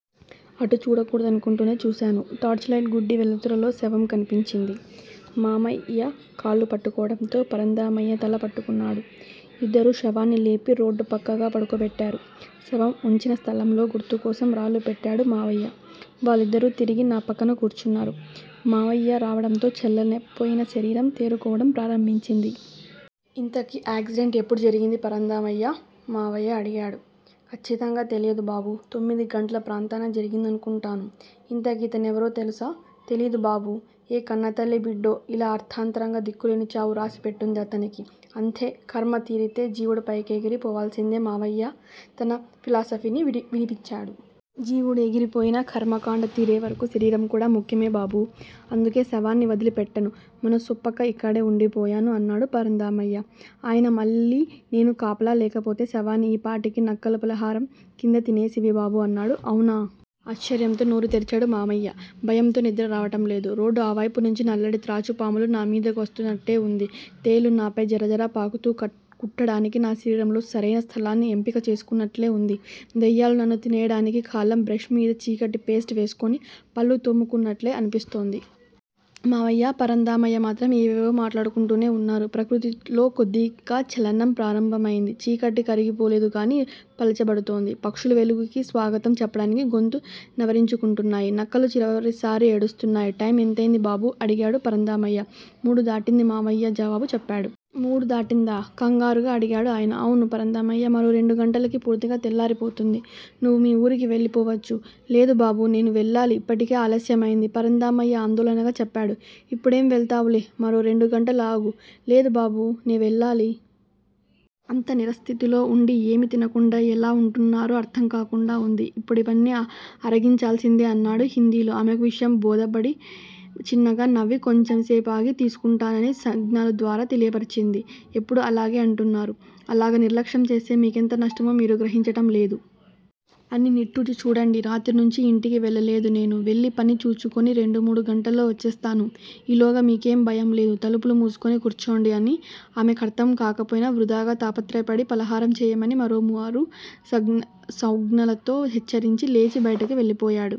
అటు చూడకూడదనుకుంటూనే చూశాను. టార్చిలైట్ గుడ్డి వెలుతురులో శవం కనిపించింది. మామయ్య కాళ్ళు పట్టుకోవడంతో, పరంధామయ్య తల పట్టుకున్నాడు. ఇద్దరూ శవాన్ని లేపి రోడ్డు పక్కగా పడుకోబెట్టారు. శవం వుంచిన స్థలంలో గుర్తుకోసం రాళ్ళు పెట్టాడు మామయ్య. వాళ్ళిద్దరూ తిరిగి నా పక్కన కూర్చున్నారు. మామయ్య రావడంతో చల్లనైపోయిన శరీరం తేరుకోవడం ప్రారంభించింది. ఇంతకీ యాక్సిడెంట్ ఎప్పుడు జరిగింది పరంధామయ్యా? మామయ్య అడిగాడు. ఖచ్చితంగా తెలియదు బాబూ! తొమ్మిది గంటల ప్రాంతాన జరిగిందనుకుంటాను. ఇంతకీ ఇతనెవరో తెలుసా? తెలీదు బాబూ! ఏ కన్నతల్లి బిడ్డో. ఇలా అర్థాంతరంగా దిక్కు లేని చావు రాసి పెట్టుంది అతనికి. అంతే. ఖర్మ తీరితే జీవుడు పైకెగిరి పోవాల్సిందే మామయ్య తన ఫిలాసఫీని వినిపించాడు. జీవుడు ఎగిరిపోయినా, కర్మ కాండ తీరేవరకు శరీరం కూడా ముఖ్యమే బాబూ! అందుకే శవాన్ని వదలి పెట్టను మనసొప్పక ఇక్కడే వుండిపోయాను అన్నాడు పరంధామయ్య. ఆయనే మళ్ళీ నేను కాపలా లేకపోతే శవాన్ని ఈ పాటికి నక్కలు పలహారం కింద తినేసేవి బాబూ అన్నాడు. అవునా! ఆశ్చర్యంతో నోరు తెరిచాడు మామయ్య. భయంతో నిద్ర రావడంలేదు. రోడ్డు ఆ వైపు నుంచి నల్లటి త్రాచుపాములు నా మీదకు వస్తున్నట్టే వుంది. తేళ్లు నాపై జరజరా పాకుతూ కుట్టడానికి నా శరీరంలో సరైన స్థలాన్ని ఎంపిక చేసుకున్నట్టే వుంది. దెయ్యాలు నన్ను తినెయ్యడానికి కాలం బ్రెష్ మీద చీకటి పేస్ట్ వేసుకుని పళ్ళు తోముకుంటున్నట్టే అనిపిస్తోంది. మామయ్య, పరంధామయ్య మాత్రం ఏవేవో మాట్లాడుకుంటూనే వున్నారు. ప్రకృతిలో కొద్దిగా చలనం ప్రారంభమైంది. చీకటి కరిగిపోలేదు గానీ పలుచబడుతోంది. పక్షులు వెలుగుకి స్వాగతం చెప్పడానికి గొంతు సవరించుకుంటున్నాయి. నక్కలు చివరసారి ఏడుస్తున్నాయి. టైమ్ ఎంతైంది బాబూ? అడిగాడు పరంధామయ్య. మూడు దాటింది మామయ్య జవాబు చెప్పాడు. మూడు దాటిందా? కంగారుగా అడిగాడు ఆయన. అవును పరంధామయ్య, మరో రెండు గంటలకి పూర్తిగా తెల్లారిపోతుంది. నువ్వు మీవూరికి వెళ్ళిపోవచ్చు. లేదు బాబూ నేను వెళ్ళాలి. ఇప్పటికే ఆలస్యమైంది పరంధామయ్య ఆందోళనగా చెప్పాడు. ఇప్పుడేం వెళతావులే, మరో రెండు గంటలు ఆగు. లేదు బాబూ! నే వెళ్ళాలి. అంత నీరసస్థితిలో వుండి ఏమీ తినకుండా యెలా వుంటున్నారో అర్థంకాకుండా వుంది. ఇప్పుడివన్నీ అరగించాల్సిందే అన్నాడు హిందీలో. ఆమెకు విషయం బోధపడి, చిన్నగా నవ్వి కొంచెంసేపాగి తీసుకుంటానని సౌంజ్ఞలు ద్వారా తెలియపర్చింది. ఎప్పుడూ అలాగే అంటున్నారు. అలాగ నిర్లక్ష్యం చేస్తే మీకెంత నష్టమో మీరు గ్రహించటంలేదు. అని నిట్టూర్చి చూడండీ. రాత్రి నుంచీ యింటికి వెళ్ళలేదు నేను. వెళ్ళి పని చూచుకుని రెండు మూడు గంటల్లో వచ్చేస్తాను. ఈలోగా మీకేమీ భయంలేదు. తలుపులు మూసుకుని కూర్చోండి అని ఆమె కర్థం గాకపోయినా వృథాగా తాపత్రయపడి ఫలహారం చెయ్యమని మరోమారు సౌంజ్ఞలతో హెచ్చరించి, లేచి బయటకు వెళ్ళిపోయాడు.